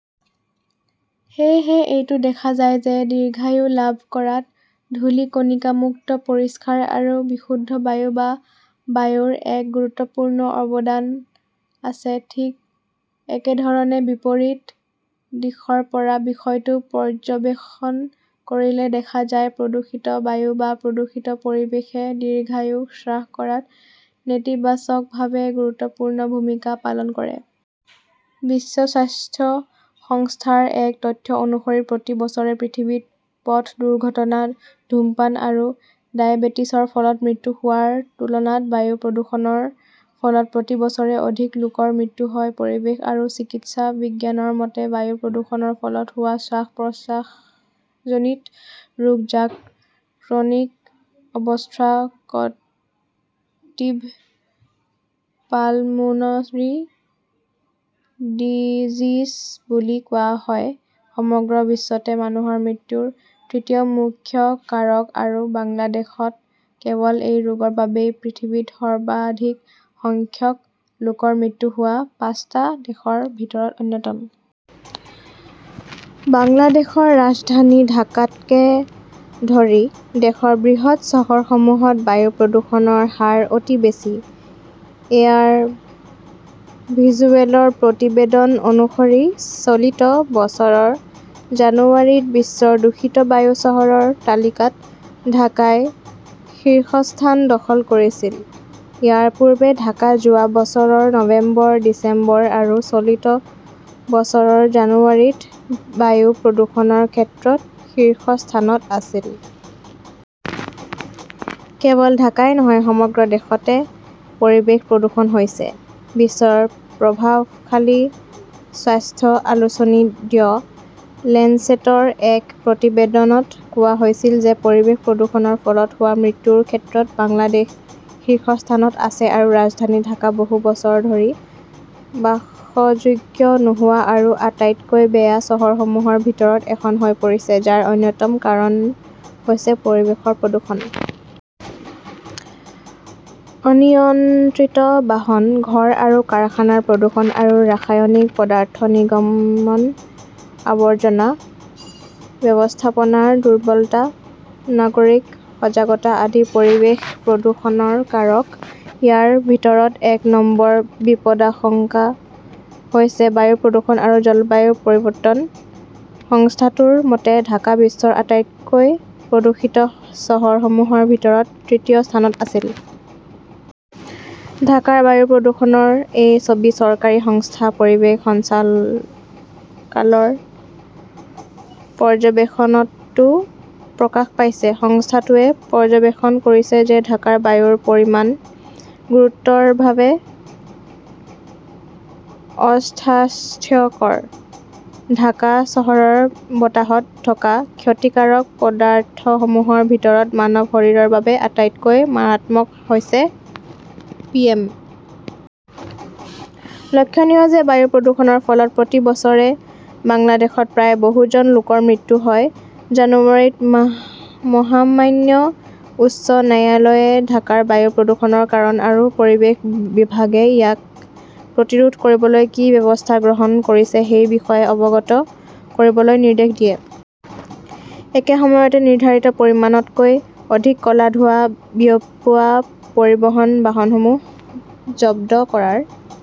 সেয়েহে, এইটো দেখা যায় যে দীৰ্ঘায়ু লাভ কৰাত ধূলি কণিকামুক্ত পৰিষ্কাৰ আৰু বিশুদ্ধ বায়ু বা বায়ুৰ এক গুৰুত্বপূৰ্ণ অৱদান আছে। ঠিক একেধৰণে, বিপৰীত দিশৰ পৰা বিষয়টো পৰ্যবেক্ষণ কৰিলে দেখা যায়, প্ৰদূষিত বায়ু বা প্ৰদূষিত পৰিৱেশে দীৰ্ঘায়ু হ্ৰাস কৰাত নেতিবাচকভাৱে গুৰুত্বপূৰ্ণ ভূমিকা পালন কৰে। বিশ্ব স্বাস্থ্য সংস্থাৰ এক তথ্য অনুসৰি, প্ৰতি বছৰে পৃথিৱীত পথ দুৰ্ঘটনা, ধূমপান আৰু ডায়েবেটিছৰ ফলত মৃত্যু হোৱাৰ তুলনাত বায়ু প্ৰদূষণৰ ফলত প্ৰতি বছৰে অধিক লোকৰ মৃত্যু হয়। পৰিৱেশ আৰু চিকিৎসা বিজ্ঞানৰ মতে, বায়ু প্ৰদূষণৰ ফলত হোৱা শ্বাস-প্ৰশ্বাসজনিত ৰোগ, যাক ক্ৰনিক অবষ্ট্ৰাকটিভ পালমোনৰী ডিজিজ বুলি কোৱা হয়, সমগ্ৰ বিশ্বতে মানুহৰ মৃত্যুৰ তৃতীয় মুখ্য কাৰক আৰু বাংলাদেশত কেৱল এই ৰোগৰ বাবেই পৃথিৱীত সৰ্বাধিক সংখ্যক লোকৰ মৃত্যু হোৱা পাঁচটা দেশৰ ভিতৰত অন্যতম। বাংলাদেশৰ ৰাজধানী ঢাকাকে ধৰি দেশৰ বৃহৎ চহৰসমূহত বায়ু প্ৰদূষণৰ হাৰ অতি বেছি। এয়াৰ ভিজুৱেলৰ প্ৰতিবেদন অনুসৰি, চলিত বছৰৰ জানুৱাৰীত বিশ্বৰ দূষিত বায়ু চহৰৰ তালিকাত ঢাকাই শীৰ্ষস্থান দখল কৰিছিল। ইয়াৰ পূৰ্বে ঢাকা যোৱা বছৰৰ নৱেম্বৰ, ডিচেম্বৰ আৰু চলিত বছৰৰ জানুৱাৰীত বায়ু প্ৰদূষণৰ ক্ষেত্ৰত শীৰ্ষ স্থানত আছিল। কেৱল ঢাকাই নহয়, সমগ্ৰ দেশতে পৰিৱেশ প্ৰদূষণ হৈছে। বিশ্বৰ প্ৰভাৱশালী স্বাস্থ্য আলোচনী দ্য লেঞ্চেটৰ এক প্ৰতিবেদনত কোৱা হৈছিল যে পৰিৱেশ প্ৰদূষণৰ ফলত হোৱা মৃত্যুৰ ক্ষেত্ৰত বাংলাদেশ শীৰ্ষস্থানত আছে আৰু ৰাজধানী ঢাকা বহু বছৰ ধৰি বাসযোগ্য নোহোৱা আৰু আটাইতকৈ বেয়া চহৰসমূহৰ ভিতৰত এখন হৈ পৰিছে, যাৰ অন্যতম কাৰণ হৈছে পৰিৱেশৰ প্ৰদূষণ। অনিয়ন্ত্ৰিত বাহন, ঘৰ আৰু কাৰখানাৰ প্ৰদূষণ আৰু ৰাসায়নিক পদাৰ্থ নিৰ্গমন, আৱৰ্জনা ব্যৱস্থাপনাৰ দুৰ্বলতা, নাগৰিক সজাগতা আদি পৰিৱেশ প্ৰদূষণৰ কাৰক। ইয়াৰ ভিতৰত এক নম্বৰ বিপদাশংকা হৈছে বায়ু প্ৰদূষণ আৰু জলবায়ু পৰিৱৰ্তন। সংস্থাটোৰ মতে ঢাকা বিশ্বৰ আটাইতকৈ প্ৰদূষিত চহৰসমূহৰ ভিতৰত তৃতীয় স্থানত আছিল। ঢাকাৰ বায়ু প্ৰদূষণৰ এই ছবি চৰকাৰী সংস্থা পৰিৱেশ সঞ্চালকালয়ৰ পৰ্যবেক্ষণতো প্ৰকাশ পাইছে। সংস্থাটোৱে পৰ্যবেক্ষণ কৰিছে যে ঢাকাৰ বায়ুৰ পৰিমাণ গুৰুতৰভাৱে অস্বাস্থ্যকৰ। ঢাকা চহৰৰ বতাহত থকা ক্ষতিকাৰক পদাৰ্থসমূহৰ ভিতৰত মানৱ শৰীৰৰ বাবে আটাইতকৈ মাৰাত্মক হৈছে পিএম । লক্ষণীয় যে বায়ু প্ৰদূষণৰ ফলত প্ৰতি বছৰে বাংলাদেশত প্ৰায় বহু জন লোকৰ মৃত্যু হয়। জানুৱাৰীত মহামান্য উচ্চ ন্যায়ালয়ে ঢাকাৰ বায়ু প্ৰদূষণৰ কাৰণ আৰু পৰিৱেশ বিভাগে ইয়াক প্ৰতিৰোধ কৰিবলৈ কি ব্যৱস্থা গ্ৰহণ কৰিছে সেই বিষয়ে অৱগত কৰিবলৈ নিৰ্দেশ দিয়ে। একে সময়তে, নিৰ্ধাৰিত পৰিমাণতকৈ অধিক ক'লা ধোঁৱা বিয়পোৱা পৰিবহণ বাহনসমূহ জব্দ কৰাৰ